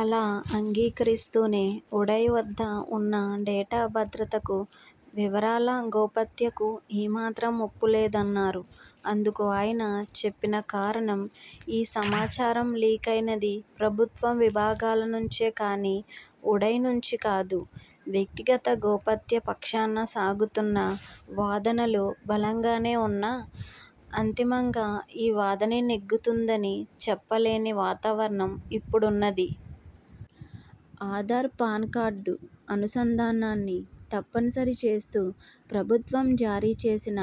అలా, అంగీకరిస్తూనే ఉడాయ్ వద్ద ఉన్న డేటా భద్రతకు, వివరాల గోపత్యకు ఏమాత్రం ముప్పులేదన్నారు. అందుకు ఆయన చెప్పిన కారణం, ఈ సమాచారం లీకైనది ప్రభుత్వ విభాగాలనుంచే కానీ, ఉడాయ్ నుంచి కాదు. వ్యక్తిగత గోపత్య పక్షాన సాగుతున్న వాదనలు బలంగానే ఉన్నా, అంతిమంగా ఈ వాదనే నెగ్గుతుందని చెప్పలేని వాతావరణం ఇప్పుడున్నది. ఆధార్–పాన్కార్డు అనుసంధానాన్ని తప్పనిసరి చేస్తూ ప్రభుత్వం జారీ చేసిన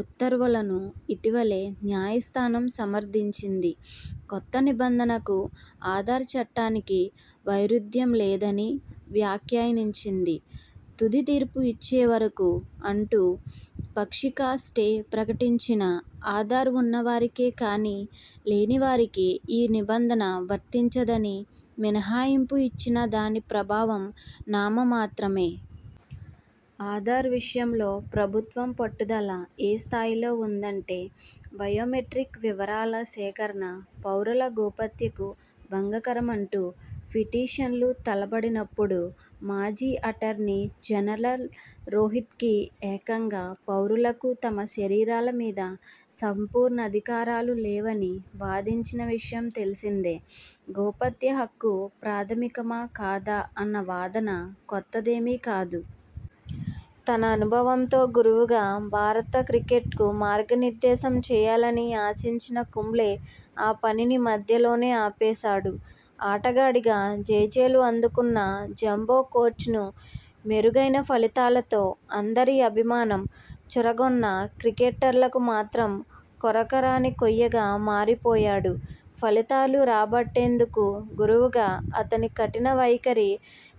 ఉత్తర్వులను ఇటీవలే న్యాయస్థానం సమర్థించింది. కొత్త నిబంధనకు, ఆధార్ చట్టానికీ వైరుధ్యంలేదని వ్యాఖ్యానించింది. తుది తీర్పు ఇచ్చేవరకూ అంటూ పాక్షిక స్టే ప్రకటించినా, ఆధార్ ఉన్నవారికే కానీ, లేనివారికి ఈ నిబంధన వర్తించదని మినహాయింపు ఇచ్చినా దాని ప్రభావం నామమాత్రమే. ఆధార్ విషయంలో ప్రభుత్వం పట్టుదల ఏ స్థాయిలో ఉన్నదంటే, బయోమెట్రిక్ వివరాల సేకరణ పౌరుల గోపత్యకు భంగకరం అంటూ పిటిషనర్లు తలబడినప్పుడు మాజీ అటార్నీ జనరల్ రొహిత్గీ ఏకంగా పౌరులకు తమ శరీరాలమీద సంపూర్ణాధికారాలు లేవని వాదించిన విషయం తెలిసిందే. గోపత్య హక్కు ప్రాథమికమా కాదా అన్న వాదన కొత్తదేమీ కాదు. తన అనుభవంతో గురువుగా భారత క్రికెట్కు మార్గనిర్దేశం చేయాలని ఆశించిన కుంబ్లే ఆ పనిని మధ్యలోనే ఆపేశాడు! ఆటగాడిగా జేజేలు అందుకున్న జంబో కోచ్గానూ మెరుగైన ఫలితాలతో అందరి అభిమానం చూరగొన్నా క్రికెటర్లకు మాత్రం కొరకరాని కొయ్యగా మారిపోయాడు! ఫలితాలు రాబట్టేందుకు గురువుగా అతని కఠిన వైఖరి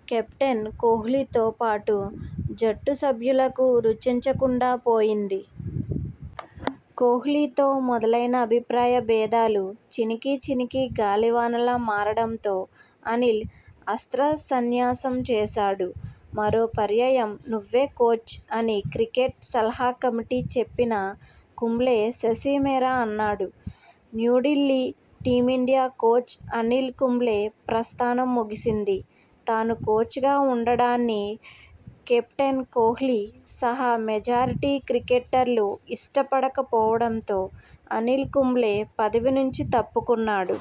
కెప్టెన్ కోహ్లీతో పాటు జట్టు సభ్యులకు రుచించకుండా పోయింది! కోహ్లీతో మొదలైన అభిప్రాయ భేదాలు చినికిచినికి గాలివానలా మారడంతో అనిల్ అస్త్రసన్యాసం చేశాడు. 'మరో పర్యాయం నువ్వే కోచ్' అని క్రికెట్ సలహా కమిటీ చెప్పినా కుంబ్లే ససేమిరా అన్నాడు. న్యూఢిల్లీ: టీమిండియా కోచ్గా అనిల్ కుంబ్లే ప్రస్థానం ముగిసింది. తాను కోచ్గా ఉండడాన్ని కెప్టెన్ కోహ్లీ సహా మెజారిటీ క్రికెటర్లు ఇష్టపడకపోవడంతో అనిల్ కుంబ్లే పదవి నుంచి తప్పుకున్నాడు.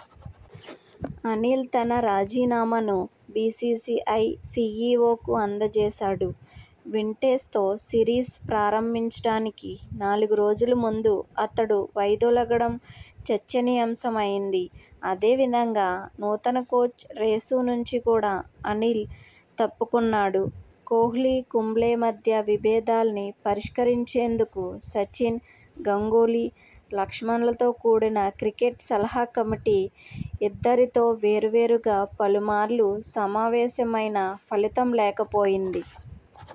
అనిల్ తన రాజీనామాను బీసీసీఐ సీఈవోకు అందజేశాడు. విండీ్సతో సిరీస్ ప్రారంభించడానికి నాలుగు రోజుల ముందు అతడు వైదొలగడం చర్చనీయాంశమైంది. అదే విధంగా నూతన కోచ్ రేసు నుంచి కూడా అనిల్ తప్పుకొన్నాడు. కోహ్లీ-కుంబ్లే మధ్య విభేదాల్ని పరిష్కరించేం దుకు సచిన్, గంగూలీ, లక్ష్మణ్లతో కూడిన క్రికెట్ సలహా కమిటీ ఇద్దరితో వేర్వేరుగా పలుమార్లు సమావేశమైనా ఫలితం లేకపోయింది.